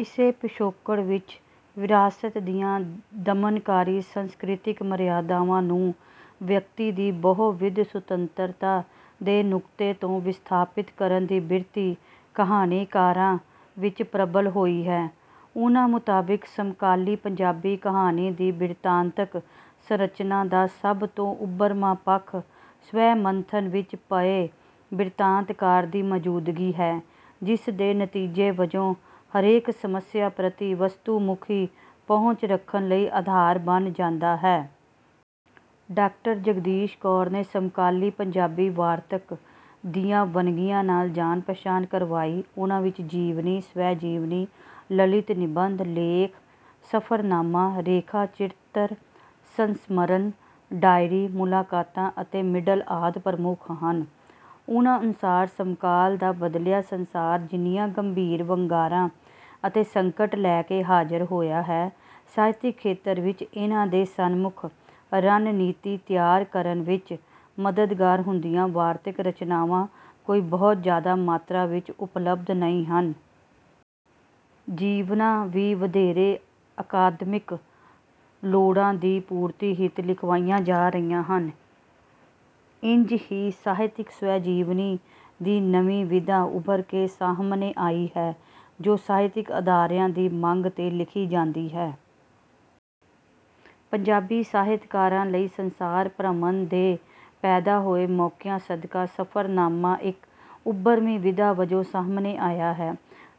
ਇਸੇ ਪਿਛੋਕੜ ਵਿੱਚ ਵਿਰਾਸਤ ਦੀਆਂ ਦਮਨਕਾਰੀ ਸੰਸਕ੍ਰਿਤਕ ਮਰਿਯਾਦਾਵਾਂ ਨੂੰ ਵਿਅਕਤੀ ਦੀ ਬਹੁ-ਵਿਧ ਸੁਤੰਤਰਤਾ ਦੇ ਨੁਕਤੇ ਤੋਂ ਵਿਸਥਾਪਿਤ ਕਰਨ ਦੀ ਬਿਰਤੀ ਕਹਾਣੀਕਾਰਾਂ ਵਿੱਚ ਪ੍ਰਬਲ ਹੋਈ ਹੈ। ਉਨ੍ਹਾ ਮੁਤਾਿਬਕ ਸਮਕਾਲੀ ਪੰਜਾਬੀ ਕਹਾਣੀ ਦੀ ਬਿਰਤਾਂਤਕ ਸੰਰਚਨਾ ਦਾ ਸਭ ਤੋਂ ਉਭਰਵਾਂ ਪੱਖ ਸਵੈ ਮੰਥਨ ਵਿੱਚ ਪਏ ਬਿਰਤਾਂਤਕਾਰ ਦੀ ਮੌਜੂਦਗੀ ਹੈ ਜਿਸ ਦੇ ਨਤੀਜੇ ਵਜੋਂ ਹਰੇਕ ਸਮੱਸਿਆ ਪ੍ਰਤੀ ਵਸਤੂਮੁਖੀ ਪਹੁੰਚ ਰੱਖਣ ਲਈ ਆਧਾਰ ਬਣ ਜਾਂਦਾ ਹੈ। ਡਾ. ਜਗਦੀਸ਼ ਕੌਰ ਨੇ ਸਮਕਾਲੀ ਪੰਜਾਬੀ ਵਾਰਤਕ ਦੀਆਂ ਵੰਨਗੀਆਂ ਨਾਲ ਜਾਣ ਪਛਾਣ ਕਰਵਾਈ ਉਨ੍ਹਾਂ ਵਿੱਚ ਜੀਵਨੀ, ਸ੍ਵੈਜੀਵਨੀ, ਲਲਿਤ ਨਿਬੰਧ, ਲੇਖ, ਸਫ਼ਰਨਾਮਾ, ਰੇਖਾ ਚਿੱਤਰ, ਸੰਸਮਰਣ, ਡਾਇਰੀ, ਮੁਲਾਕਾਤਾਂ ਅਤੇ ਮਿਡਲ ਆਦਿ ਪ੍ਰਮੁੱਖ ਹਨ। ਉਨ੍ਹਾਂ ਅਨੁਸਾਰ ਸਮਕਾਲ ਦਾ ਬਦਲਿਆ ਸੰਸਾਰ ਜਿੰਨੀਆਂ ਗੰਭੀਰ ਵੰਗਾਰਾਂ ਅਤੇ ਸੰਕਟ ਲੈ ਕੇ ਹਾਜ਼ਰ ਹੋਇਆ ਹੈ, ਸਾਹਿਤਕ ਖੇਤਰ ਵਿੱਚ ਇਨ੍ਹਾਂ ਦੇ ਸਨਮੁਖ ਰਣਨੀਤੀ ਤਿਆਰ ਕਰਨ ਵਿੱਚ ਮਦਦਗਾਰ ਹੁੰਦੀਆਂ ਵਾਰਤਕ ਰਚਨਾਵਾਂ ਕੋਈ ਬਹੁਤ ਜਿਆਦਾ ਮਾਤਰਾ ਵਿੱਚ ਉਪਲਬਧ ਨਹੀਂ ਹਨ। ਜੀਵਨਆਂ ਵੀ ਵਧੇਰੇ ਅਕਾਦਮਿਕ ਲੋੜਾਂ ਦੀ ਪੂਰਤੀ ਹਿੱਤ ਲਿਖਵਾਈਆਂ ਜਾ ਰਹੀਆਂ ਹਨ। ਿੲੰਝ ਹੀ ਸਾਹਿਤਕ ਸ੍ਵੈਜੀਵਨੀ ਦੀ ਨਵੀਂ ਵਿਧਾ ਉਭਰ ਕੇ ਸਾਹਮਣੇ ਆਈ ਹੈ ਜੋ ਸਾਹਿਤਕ ਅਦਾਰਿਆਂ ਦੀ ਮੰਗ ਤੇ ਲਿਖੀ ਜਾਂਦੀ ਹੈ। ਪੰਜਾਬੀ ਸਾਹਿਤਕਾਰਾਂ ਲਈ ਸੰਸਾਰ ਭ੍ਰਮਣ ਦੇ ਪੈਦਾ ਹੋਏ ਮੌਕਿਆਂ ਸਦਕਾ ਸਫ਼ਰਨਾਮਾ ਿੲੱਕ ਉਭਰਵੀਂ ਵਿਧਾ ਵਜੋਂ ਸਾਹਮਣੇ ਆਇਆ ਹੈ।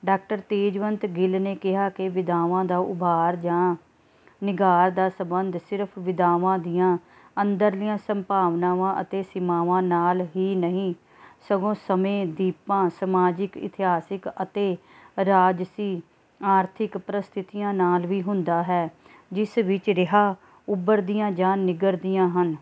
ਡਾ. ਤੇਜਵੰਤ ਗਿੱਲ ਨੇ ਕਿਹਾ ਕਿ ਵਿਧਾਵਾਂ ਦਾ ਉਭਾਰ ਜਾਂ ਨਿਘਾਰ ਦਾ ਸੰਬੰਧ ਸਿਰਫ ਵਿਧਾਵਾਂ ਦੀਆਂ ਅੰਦਰਲੀਆਂ ਸੰਭਾਵਨਾਵਾਂ ਅਤੇ ਸੀਮਾਵਾਂ ਨਾਲ ਹੀ ਨਹੀਂ ਹੁੰਦਾ ਸਗੋਂ ਸਮੇਂ ਦੀਪਾਂ ਸਮਾਜਿਕ-ਇਤਿਹਾਸਕ ਅਤੇ ਰਾਜਸੀ-ਆਰਥਿਕ ਪਰਸਥਿਤੀਆਂ ਨਾਲ ਵੀ ਹੁੰਦਾ ਹੈ ਜਿਸ ਵਿੱਚ ਰਿਹਾ ਉਭਰਦੀਆਂ ਜਾਂ ਨਿਘਰਦੀਆਂ ਹਨ।